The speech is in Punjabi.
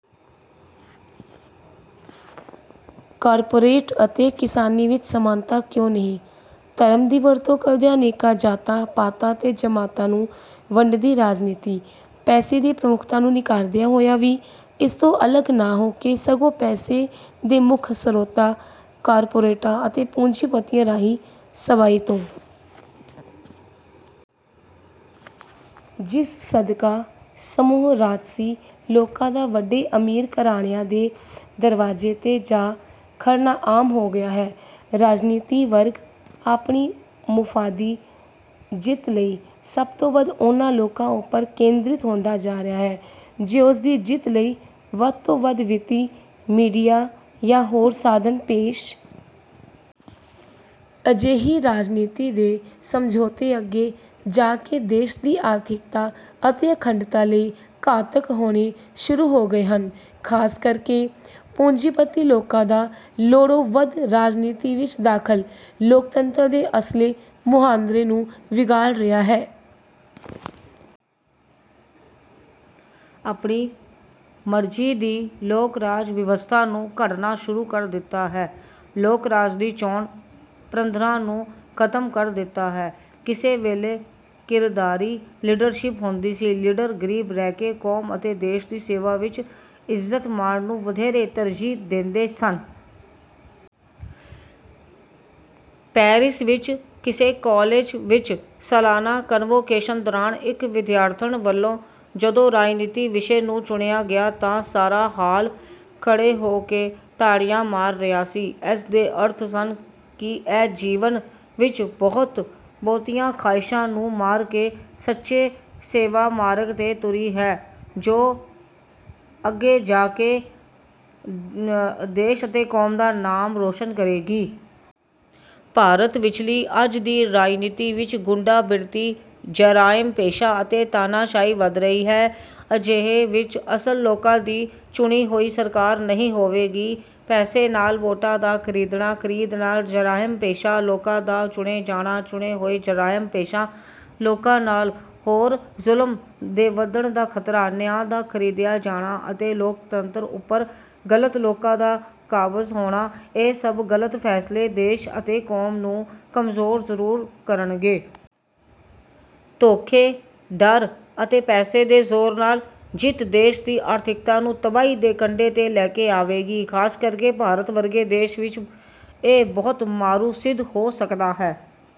ਕਾਰਪੋਰੇਟ ਅਤੇ ਕਿਸਾਨੀ ਵਿੱਚ ਸਮਾਨਤਾ ਕਿਉਂ ਨਹੀਂ? ਧਰਮ ਦੀ ਵਰਤੋਂ ਕਰਦਿਆਂ ਅਨੇਕਾਂ ਜਾਤਾਂ, ਪਾਤਾਂ ਅਤੇ ਜ਼ਮਾਤਾਂ ਨੂੰ ਵੰਡਦੀ ਰਾਜਨੀਤੀ, ਪੈਸੇ ਦੀ ਪ੍ਰਮੁੱਖਤਾ ਨੂੰ ਨਿਕਾਰਦਿਆਂ ਹੋਇਆਂ ਵੀ ਇਸ ਤੋਂ ਅਲੱਗ ਨਾ ਹੋ ਕੇ ਸਗੋਂ ਪੈਸੇ ਦੇ ਮੁੱਖ ਸਰੋਤਾਂ, ਕਾਰਪੋਰੇਟਾਂ ਅਤੇ ਪੂੰਜੀਪਤੀਆਂ ਰਾਹੀਂ ਸਥਾਈ ਤੌਰ 'ਤੇ ਕਾਬਜ਼ ਹੋਣ ਦੀ ਬਿਰਤੀ ਦੁਨੀਆ ਵਿੱਚ ਭਾਰੂ ਹੋ ਗਈ ਹੈ। ਜਿਸ ਸਦਕਾ ਸਮੂਹ ਰਾਜਸੀ ਲੋਕਾਂ ਦਾ ਵੱਡੇ ਅਮੀਰ ਘਰਾਣਿਆਂ ਦੇ ਦਰਵਾਜ਼ੇ 'ਤੇ ਜਾ ਖੜ੍ਹਨਾ ਆਮ ਹੋ ਗਿਆ ਹੈ। ਰਾਜਨੀਤਿਕ ਵਰਗ ਆਪਣੀ ਮੁਫ਼ਾਦੀ ਜਿੱਤ ਲਈ ਸਭ ਤੋਂ ਵੱਧ ਉਹਨਾਂ ਲੋਕਾਂ ਉੱਪਰ ਕੇਂਦਰਿਤ ਹੁੰਦਾ ਜਾ ਰਿਹਾ ਹੈ, ਜੋ ਉਸ ਦੀ ਜਿੱਤ ਲਈ ਵੱਧ ਤੋਂ ਵੱਧ ਵਿੱਤੀ, ਮੀਡੀਆ ਜਾਂ ਹੋਰ ਸਾਧਨ ਪੇਸ਼ ਕਰੇਗਾ। ਅਜਿਹੀ ਰਾਜਨੀਤੀ ਦੇ ਸਮਝੌਤੇ ਅੱਗੇ ਜਾ ਕੇ ਦੇਸ਼ ਦੀ ਆਰਥਿਕਤਾ ਅਤੇ ਅਖੰਡਤਾ ਲਈ ਘਾਤਕ ਹੋਣੇ ਸ਼ੁਰੂ ਹੋ ਗਏ ਹਨ। ਖ਼ਾਸ ਕਰਕੇ ਪੂੰਜੀਪਤੀ ਲੋਕਾਂ ਦਾ ਲੋੜੋਂ ਵੱਧ ਰਾਜਨੀਤੀ ਵਿੱਚ ਦਖ਼ਲ ਲੋਕਤੰਤਰ ਦੇ ਅਸਲ ਮੁਹਾਂਦਰੇ ਨੂੰ ਵਿਗਾੜ ਰਿਹਾ ਹੈ। ਆਪਣੀ ਮਰਜ਼ੀ ਦੀ ਲੋਕਰਾਜ ਵਿਵਸਥਾ ਨੂੰ ਘੜਨਾ ਸ਼ੁਰੂ ਕਰ ਦਿੱਤਾ ਹੈ। ਲੋਕ-ਰਾਜ ਦੀ ਚੋਣ ਪ੍ਰੰਪਰਾ ਨੂੰ ਖ਼ਤਮ ਕਰ ਦਿੱਤਾ ਹੈ। ਕਿਸੇ ਵੇਲੇ ਕਿਰਦਾਰੀ ਲੀਡਰਸ਼ਿਪ ਹੁੰਦੀ ਸੀ। ਲੀਡਰ ਗਰੀਬ ਰਹਿ ਕੇ ਕੌਮ ਅਤੇ ਦੇਸ਼ ਦੀ ਸੇਵਾ ਵਿੱਚ ਇੱਜ਼ਤ-ਮਾਣ ਨੂੰ ਵਧੇਰੇ ਤਰਜੀਹ ਦਿੰਦੇ ਸਨ। ਪੈਰਿਸ ਵਿੱਚ ਕਿਸੇ ਕਾਲਜ ਵਿੱਚ ਸਾਲਾਨਾ ਕਨਵੋਕੇਸ਼ਨ ਦੌਰਾਨ ਇੱਕ ਵਿਦਿਆਰਥਣ ਵੱਲੋਂ ਜਦੋਂ ਰਾਜਨੀਤੀ ਵਿਸ਼ੇ ਨੂੰ ਚੁਣਿਆ ਗਿਆ ਤਾਂ ਸਾਰਾ ਹਾਲ ਖੜ੍ਹੇ ਹੋ ਕੇ ਤਾੜੀਆਂ ਮਾਰ ਰਿਹਾ ਸੀ। ਇਸ ਦੇ ਅਰਥ ਸਨ ਕਿ ਇਹ ਜੀਵਨ ਵਿੱਚ ਬਹੁਤੀਆਂ ਖ਼ਾਹਿਸ਼ਾਂ ਨੂੰ ਮਾਰ ਕੇ ਸੱਚੇ ਸੇਵਾ ਮਾਰਗ 'ਤੇ ਤੁਰੀ ਹੈ, ਜੋ ਅੱਗੇ ਜਾ ਕੇ ਦੇਸ਼ ਅਤੇ ਕੌਮ ਦਾ ਨਾਮ ਰੌਸ਼ਨ ਕਰੇਗੀ। ਭਾਰਤ ਵਿਚਲੀ ਅੱਜ ਦੀ ਰਾਜਨੀਤੀ ਵਿੱਚ ਗੁੰਡਾ ਬਿਰਤੀ, ਜ਼ਰਾਇਮ-ਪੇਸ਼ਾ ਅਤੇ ਤਾਨਾਸ਼ਾਹੀ ਵੱਧ ਰਹੀ ਹੈ। ਅਜਿਹੇ ਵਿੱਚ ਅਸਲ ਲੋਕਾਂ ਦੀ ਚੁਣੀ ਹੋਈ ਸਰਕਾਰ ਨਹੀਂ ਹੋਵੇਗੀ। ਪੈਸੇ ਨਾਲ ਵੋਟਾਂ ਦਾ ਖਰੀਦਣਾ, ਖਰੀਦ ਨਾਲ ਜ਼ਰਾਇਮ-ਪੇਸ਼ਾ ਲੋਕਾਂ ਦਾ ਚੁਣੇ ਜਾਣਾ, ਚੁਣੇ ਹੋਏ ਜ਼ਰਾਇਮ-ਪੇਸ਼ਾ ਲੋਕਾਂ ਨਾਲ ਹੋਰ ਜ਼ੁਲਮ ਦੇ ਵੱਧਣ ਦਾ ਖ਼ਤਰਾ, ਨਿਆਂ ਦਾ ਖਰੀਦਿਆ ਜਾਣਾ ਅਤੇ ਲੋਕਤੰਤਰ ਉੱਪਰ ਗਲਤ ਲੋਕਾਂ ਦਾ ਕਾਬਜ਼ ਹੋਣਾ, ਇਹ ਸਭ ਗਲਤ ਫ਼ੈਸਲੇ ਦੇਸ਼ ਅਤੇ ਕੌਮਾਂ ਨੂੰ ਕਮਜ਼ੋਰ ਜ਼ਰੂਰ ਕਰਨਗੇ। ਧੋਖੇ, ਡਰ ਅਤੇ ਪੈਸੇ ਦੇ ਜ਼ੋਰ ਨਾਲ ਜਿੱਤ ਦੇਸ਼ ਦੀ ਆਰਥਿਕਤਾ ਨੂੰ ਤਬਾਹੀ ਦੇ ਕੰਢੇ 'ਤੇ ਲੈ ਆਵੇਗੀ। ਖ਼ਾਸ ਕਰਕੇ ਭਾਰਤ ਵਰਗੇ ਦੇਸ਼ ਵਿੱਚ ਇਹ ਬਹੁਤ ਮਾਰੂ ਸਿੱਧ ਹੋ ਸਕਦਾ ਹੈ।